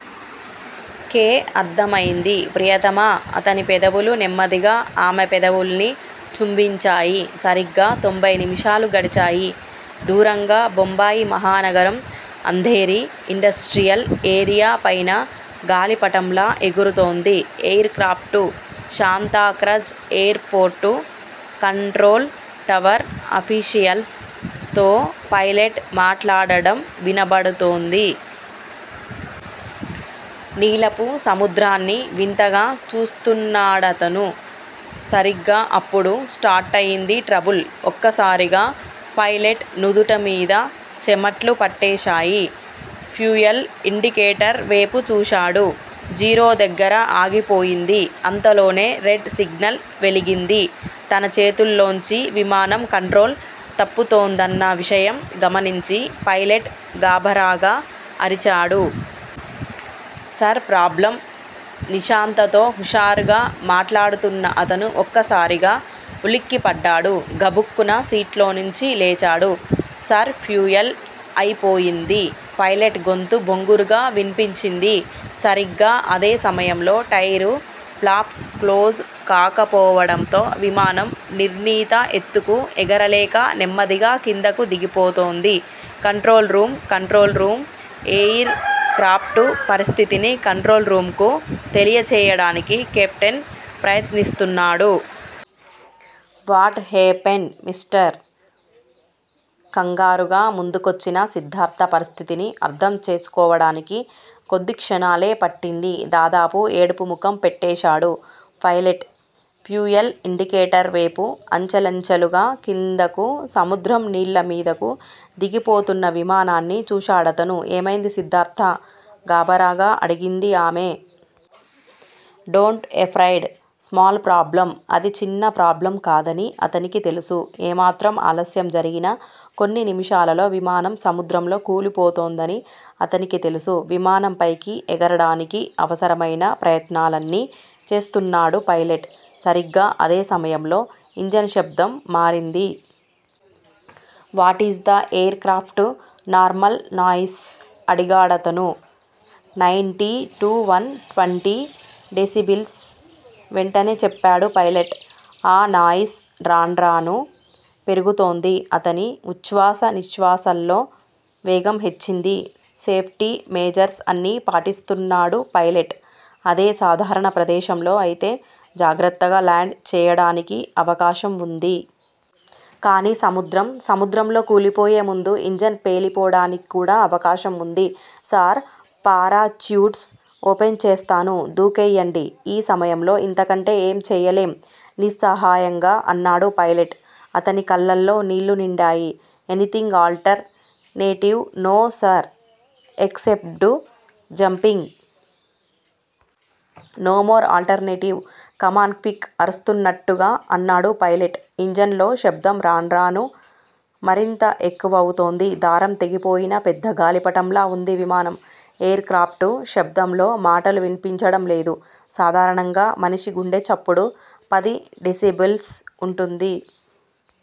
K అర్ధమైంది ప్రియతమా అతని పెదవులు నెమ్మదిగా ఆమె పెదవుల్ని చుంభించాయి. సరిగ్గా తొంభై నిమిషాలు గడిచాయి. దూరంగా బొంబాయి మహానగరం అంధేరీ ఇండస్ట్రియల్ ఏరియా పైన గాలిపటంలా ఎగురుతోంది aircraft. Santacruz airport control tower officials తో పైలెట్ మాట్లాడడం వినబడుతోంది. నీలపు సముద్రాన్ని వింతగా చూస్తున్నాడతను. సరిగ్గా అప్పుడు స్టార్టయింది ట్రబుల్. ఒక్కసారిగా పైలెట్ నుదుట మీద చెమట్లు పట్టేశాయి. ఫ్యూయల్ ఇండికేటర్ వేపు చూశాడు. జీరో దగ్గర ఆగిపోయింది. అంతలోనే రెడ్ సిగ్నల్ వెలిగింది. తన చేతుల్లోంచి విమానం కంట్రోల్ తప్పుతోందన్న విషయం గమనించి పైలెట్ గాభరాగా అరిచాడు. సర్ ప్రాబ్లమ్ నిశాంతతో హుషారుగా మాట్లాడుతున్న అతను ఒక్కసారిగా వులిక్కిపడ్డాడు. గబుక్కున సీట్లోంచి లేచాడు. సర్ ఫ్యూయల్ అయిపోయింది పైలెట్ గొంతు బొంగురుగా విన్పించింది. సరిగ్గా అదే సమయంలో టైరు ఫ్లాప్స్ క్లోజ్ కాకపోవడంతో విమానం నిర్ణీత ఎత్తుకు ఎగరలేక నెమ్మదిగా కిందకు దిగిపోతోంది. Control room control room aircraft పరిస్థితిని కంట్రోల్ రూమ్ కు తెలియచేయడానికి కెప్టెన్ ప్రయత్నిస్తున్నాడు. What happened mister? కంగారుగా ముందుకొచ్చిన సిద్ధార్ధ పరిస్థితిని అర్ధం చేసుకోడానికి కొద్ది క్షణాలే పట్టింది. దాదాపు ఏడుపు ముఖం పెట్టేశాడు పైలెట్. ఫ్యూయల్ ఇండికేటర్ వేపు అంచెలంచెలుగా కిందకు సముద్రం నీళ్ళ మీదకు దిగిపోతున్న విమానాన్ని చూశాడతను. ఏమైంది సిద్ధార్ధా? గాభరాగా అడిగింది ఆమె. డోంట్ ఎఫ్రైడ్ స్మాల్ ప్రాబ్లమ్ అది చిన్న ప్రాబ్లమ్ కాదని అతనికి తెలుసు. ఏమాత్రం ఆలస్యం జరిగినా కొన్ని నిమిషాలలో విమానం సముద్రంలో కూలిపోతుందని అతనికి తెలుసు. విమానం పైకి ఎగరడానికి అవసరమైన ప్రయత్నాలన్నీ చేస్తున్నాడు పైలెట్. సరిగ్గా అదే సమయంలో- ఇంజన్ శబ్దం మారింది. What is the aircraft normal noise అడిగాడతను. Ninety two one twenty decibels వెంటనే చెప్పాడు పైలెట్. ఆ నాయిస్ రాన్రానూ పెరుగుతోంది. అతని ఉచ్చ్వాస నిశ్వాసల్లో వేగం హెచ్చింది. సేఫ్టీ మెజర్స్ అన్నీ పాటిస్తున్నాడు పైలెట్. అదే సాధారణ ప్రదేశంలో అయితే జాగ్రత్తగా లాండ్ చేయడానికి అవకాశం వుంది. కానీ సముద్రం. సముద్రంలో కూలిపోయే ముందు ఇంజన్ పేలిపోడానిక్కూడా అవకాశం వుంది. సార్ పారాచ్యూట్స్ ఓపెన్ చేస్తాను. దూకెయ్యండి ఈ సమయంలో ఇంతకంటే ఏం చేయలేం నిస్సహాయంగా అన్నాడు పైలెట్. అతని కళ్ళల్లో నీళ్ళు నిండాయి. Anything alternative no sir except jumping. No more alternative. Come on quick అరుస్తున్నట్టుగా అన్నాడు పైలెట్. ఇంజన్ లో శబ్దం రాన్రానూ మరింత ఎక్కువవుతోంది. దారం తెగిపోయిన పెద్ద గాలిపటంలా వుంది విమానం. ఎయిర్ క్రాఫ్టు శబ్దంలో మాటలు విన్పించడం లేదు సాధారణంగా మనిషి గుండె చప్పుడు పది డెసిబల్స్ వుంటుంది.